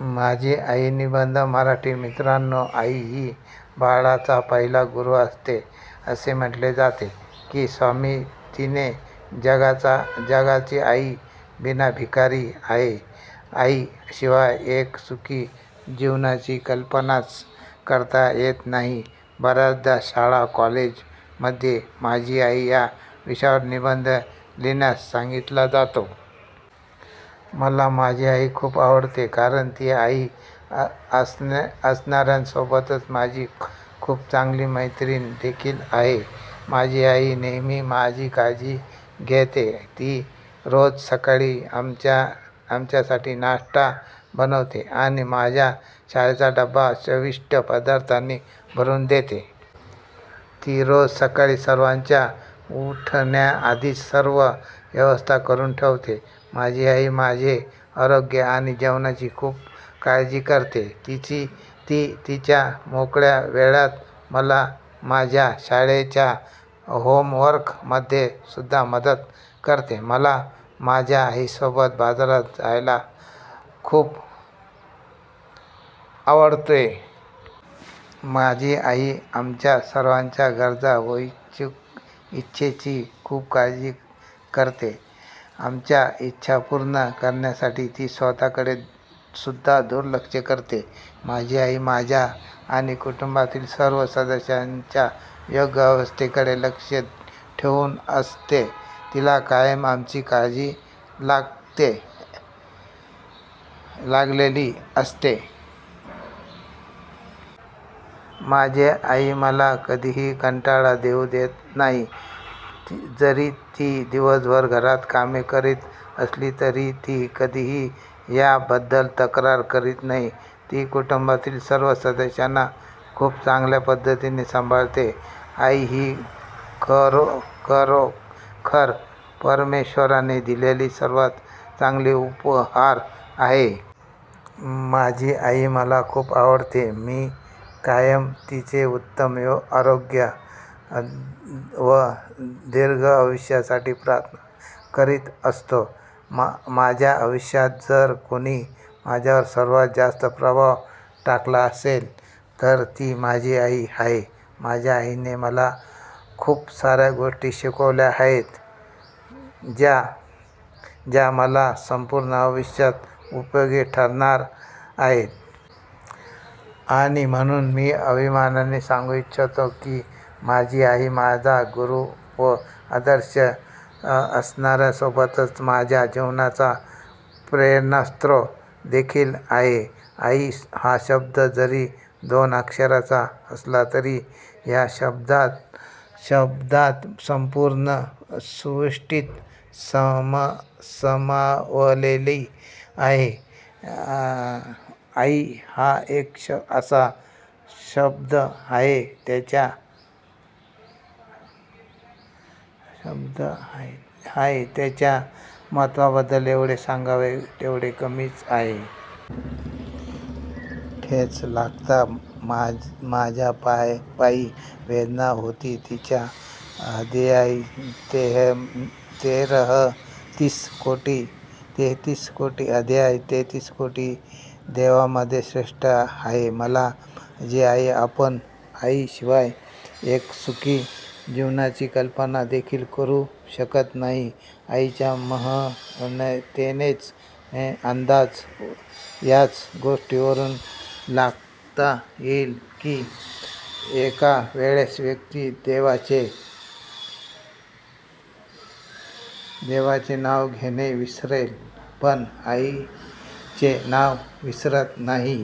माझी आई निबंध मराठी: मित्रानो आई ही बाळाचा पहिला गुरु असते. असे म्हटले जाते की 'स्वामी तिन्ही जगाचा आई विना भिकारी'. आई शिवाय एक सुखी जीवनाची कल्पनाच करता येत नाही. बऱ्याचदा शाळा कॉलेज मध्ये माझी आई या विषयवार निबंध लिहिण्यास सांगीतला जातो. मला माझी आई खूप आवडते कारण ती आई असनाऱ्या-सोबतच माझी खूप चांगली मैत्रीण देखील आहे. माझी आई नेहमी माझी काळजी घेते. ती रोज सकाळी आमच्यासाठी नाश्ता बनवते आणि माझा शाळेचा डब्बा चविष्ट पदार्थांनी भरून देते. ती रोज सकाळी सर्वांच्या उठण्याधीच सर्व व्यवस्था करून ठेवते. माझी आई माझे आरोग्य आणि जेवणाची खूप काळजी करते. ती तिच्या मोकळ्या वेळात मला माझ्या शाळेच्या होमवर्क मध्ये सुद्धा मदत करते. मला माझ्या आई सोबत बाजारात जायला खूप आवडते. माझी आई आमच्या सर्वांच्या गरज व इच्छांची खूप काळजी करते. आमच्या इच्छा पूर्ण करण्यासाठी ती स्वतः कडे सुद्धा दुर्लक्ष करते. माझी आई माझ्या आणि कुटुंबातील सर्व सदस्यांच्या योग्य व्यवस्थेकडे लक्ष ठेऊन असते, तिला कायम आमची काळजी लागलेली असते. माझी आई मला कधीही कंटाळा येऊ देत नाही. जरी ती दिवसभर घरात कामे करीत असली तरीही ती कधीही या बद्दल तक्रार करीत नाही. ती कुटुंबातील सर्व सदस्यांना खूप चांगल्या पद्धतीने सांभाळते. आई ही खरोखर परमेश्वराने दिलेले सर्वात चांगले उपहार आहे. माझी आई मला खूप आवडते व मी कायम तिचे उत्तम आरोग्य व दीर्घायुष्यासाठी प्रार्थना करीत असतो. माझ्या आयुष्यात जर कोणी माझ्यावर सर्वात जास्त प्रभाव टाकला असेल, तर ती माझी आई आहे. माझ्या आईने मला खूप साऱ्या गोष्टी शिकवल्या आहेत, ज्या मला संपूर्ण आयुष्य उपयोगी ठरणार आहेत. आणि म्हणूनच मी अभिमानाने सांगू इच्छितो की माझी आई माझा गुरु व आदर्श असण्यासोबताच माझ्या जीवनाचा प्रेणास्रोत देखील आहे. आई हा शब्द जरी दोन अक्षरांचा असला तरी या शब्दात संपूर्ण सृष्टि समावलेली आहे, आई हा एक असा शब्द आहे ज्याच्या महत्त्वाबद्दल जेवढे सांगावे तेवढे कमीच आहे. ठेच लागता माझ्या पायी, वेदना होती तिच्या हृदयी तेहतीस कोटी देवांमध्ये, श्रेष्ठ आहे मला माझी आई आपण आई शिवाय एका सुखी जीवनाची कल्पना देखील करू शकत नाही. आईच्या महानतेचा अंदाज याच गोष्टीवरून लावता येईल की एका वेळेला व्यक्ती देवाचे नाव घेणे विसरेल पण आई चे नाव विसरत नाही.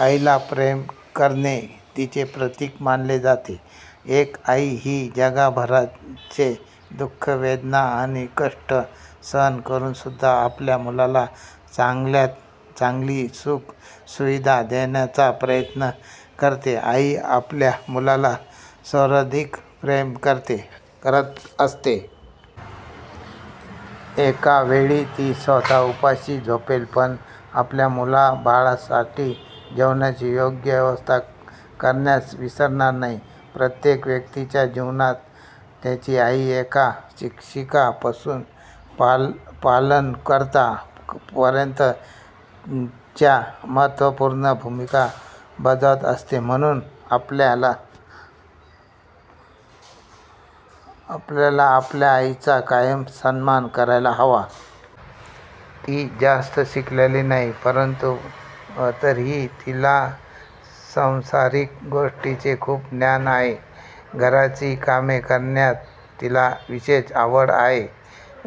आईला प्रेम व करुणे चे प्रतीक मानले जाते. एक आई ही जगभराचे दुख, वेदना आणि कष्ट सहन करून सुद्धा आपल्या मुलाला चांगल्यात चांगली सुख सुविधा देण्याचा प्रयत्न करते. आई आपल्या मुलांना सर्वाधिक प्रेम करत असते. एका वेळी ती स्वतः उपाशी झोपेल पण आपल्या मुलाबाळांसाठी जेवणाची योग्य व्यवस्था करण्यास विसरणार नाही. प्रत्येक व्यक्तीच्या जीवनात त्यांची आई एका शिक्षकापासून पालनकर्ता पर्यंत च्या महत्त्वपूर्ण भूमिका बजावत असते. म्हणूनच आपल्याला आपल्या आईचा कायम सन्मान करायला हवा. ती जास्त शिकलेली नाही आहे. परंतु तरीही तिला सांसारिक गोष्टींचे खूप ज्ञान आहे. घराची कामे करण्यात तिला विशेष आवड आहे.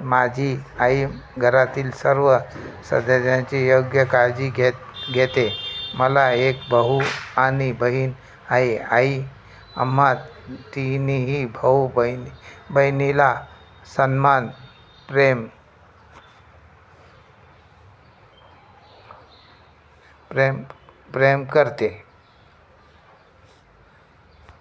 माझी आई घरातील सर्व सदस्यांची योग्य काळजी घेते. मला एक भाऊ आणि बहीण आहेत. आई आम्हा तीनही भाऊ बहिणीला समान प्रेम करते.